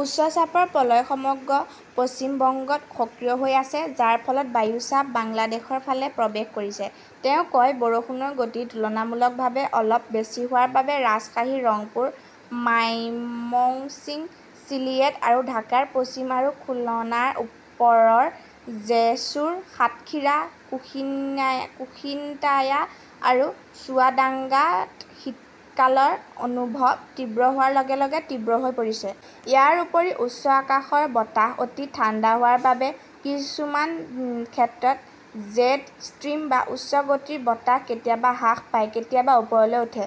উচ্চ চাপৰ প্ৰলয় সমগ্ৰ পশ্চিম বংগত সক্ৰিয় হৈ আছে, যাৰ ফলত বায়ু চাপ বাংলাদেশৰ ফালে প্ৰৱেশ কৰিছে। তেওঁ কয় বৰষুণৰ গতি তুলনামূলকভাৱে অলপ বেছি হোৱাৰ বাবে ৰাজশ্বাহী, ৰংপুৰ, মাইমশ্বিং, চিলিয়েট আৰু ঢাকাৰ পশ্চিম আৰু খুলনাৰ ওপৰৰ জেছুৰ, সাতখিৰা, কোষীনটায়া আৰু চুৱাডাঙ্গাত শীতকালৰ অনুভৱ তীব্ৰ হোৱাৰ লগে লগে তীব্ৰ হৈ পৰিছে। ইয়াৰ উপৰিও উচ্চ আকাশৰ বতাহ অতি ঠাণ্ডা হোৱাৰ বাবে কিছুমান ক্ষেত্ৰত 'জেড ষ্ট্ৰীম বা উচ্চ গতিৰ বতাহ কেতিয়াবা হ্ৰাস পায়, কেতিয়াবা ওপৰলৈ উঠে,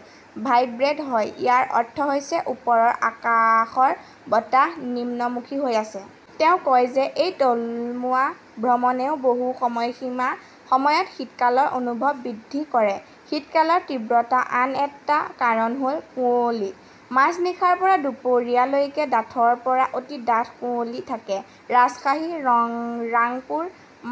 ভাইব্ৰেট হয়। ইয়াৰ অৰ্থ হৈছে ওপৰৰ আকাশৰ বতাহ নিম্নমুখী হৈ আছে। তেওঁ কয় যে ,এই তলমুৱা ভ্ৰমণেও বহু সময় সীমা সময়ত শীতকালৰ অনুভৱ বৃদ্ধি কৰে । শীতকালৰ তীব্ৰতাৰ আন এটা কাৰণ হ'ল কুঁৱলী। মাজনিশাৰ পৰা দুপৰীয়া লৈকে ডাঠৰ পৰা অতি ডাঠ কুঁৱলী থাকে। ৰাজশ্বাহী, ৰাংপুৰ,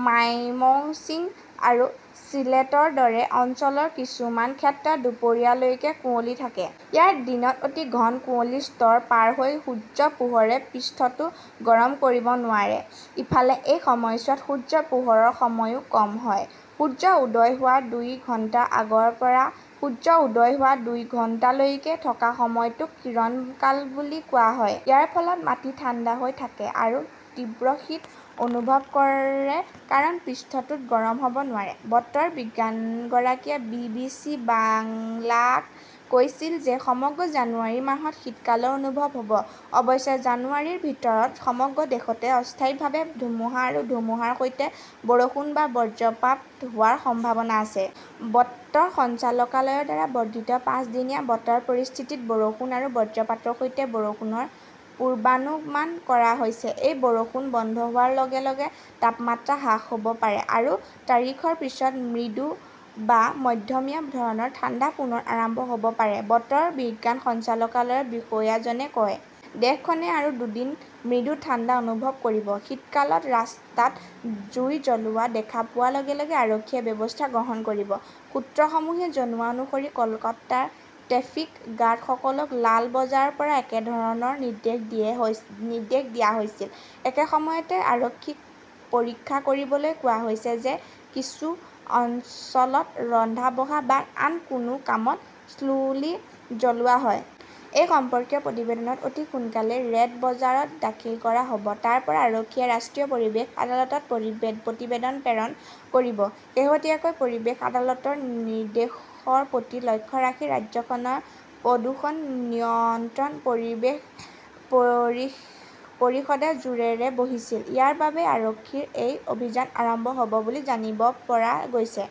মাইমশ্বিং আৰু চিলেটৰ দৰে অঞ্চলৰ কিছুমান ক্ষেত্ৰত দুপৰীয়া লৈকে কুঁৱলী থাকে। ইয়াৰ দিনত অতি ঘন কুঁৱলীৰ স্তৰ পাৰ হৈ সূৰ্যৰ পোহৰে পৃষ্ঠটো গৰম কৰিব নোৱাৰে। ইফালে, এই সময়ছোৱাত সূৰ্যৰ পোহৰৰ সময়ও কম হয়। সূৰ্য উদয় হোৱাৰ দুই ঘণ্টাৰ আগৰ পৰা সূৰ্য উদয় হোৱাৰ দুই ঘণ্টালৈকে থকা সময়টোক কিৰণ কাল বুলি কোৱা হয়। ইয়াৰ ফলত মাটি ঠাণ্ডা হৈ থাকে আৰু তীব্ৰ শীত অনুভৱ কৰে কাৰণ পৃষ্ঠটো গৰম হ'ব নোৱাৰে। বতৰ বিজ্ঞানীগৰাকীয়ে বি. বি. চি. বাংলাক কৈছিল যে, সমগ্ৰ জানুৱাৰী মাহত শীতকালৰ অনুভৱ হ'ব। অৱশ্যে, জানুৱাৰীৰ ভিতৰত সমগ্ৰ দেশতে অস্থায়ীভাৱে ধুমুহা আৰু ধুমুহাৰ সৈতে বৰষুণ বা বজ্ৰপাত হোৱাৰ সম্ভাৱনা আছে। বতৰ সঞ্চালকালয়ৰ দ্বাৰা বৰ্ধিত পাঁচদিনীয়া বতৰৰ পৰিস্থিতিত বৰষুণ আৰু বজ্ৰপাতৰ সৈতে বৰষুণৰ পূৰ্বানুমান কৰা হৈছে। এই বৰষুণ বন্ধ হোৱাৰ লগে লগে তাপমাত্ৰা হ্ৰাস হ'ব পাৰে আৰু তাৰিখৰ পিছত মৃদু বা মধ্যমীয়া ধৰণৰ ঠাণ্ডা পুনৰ আৰম্ভ হ'ব পাৰে, বতৰ বিজ্ঞান সঞ্চালকালয়ৰ বিষয়াজনে কয়। দেশখনে আৰু দুদিন মৃদু ঠাণ্ডা অনুভৱ কৰিব। শীতকালত ৰাস্তাত জুই জ্বলোৱা দেখা পোৱাৰ লগে লগে আৰক্ষীয়ে ব্যৱস্থা গ্ৰহণ কৰিব। সূত্ৰসমূহে জনোৱা অনুসৰি কলকাতাৰ ট্ৰেফিক গাৰ্ডসকলক লাল বজাৰ পৰা একেধৰণৰ নিৰ্দেশ দিয়া হৈছিল। একে সময়তে, আৰক্ষীক পৰীক্ষা কৰিবলৈ কোৱা হৈছে যে কিছু অঞ্চলত ৰন্ধা-বঢ়া বা আন কোনো কামত চুল্লী জ্বলোৱা হয়। এই সম্পৰ্কীয় প্ৰতিবেদনত অতি সোনকালেই ৰেড বজাৰত দাখিল কৰা হ'ব। তাৰ পৰা আৰক্ষীয়ে ৰাষ্ট্ৰীয় পৰিৱেশ আদালতত প্ৰতিবেদন প্ৰেৰণ কৰিব। শেহতীয়াকৈ, পৰিৱেশ আদালতৰ নিৰ্দেশৰ প্ৰতি লক্ষ্য ৰাখি ৰাজ্যখনৰ প্ৰদূষণ নিয়ন্ত্ৰণ পৰিষদে জোৰেৰে বহিছিল। ইয়াৰ বাবেই আৰক্ষীৰ এই অভিযান আৰম্ভ হ'ব বুলি জানিব পৰা গৈছে।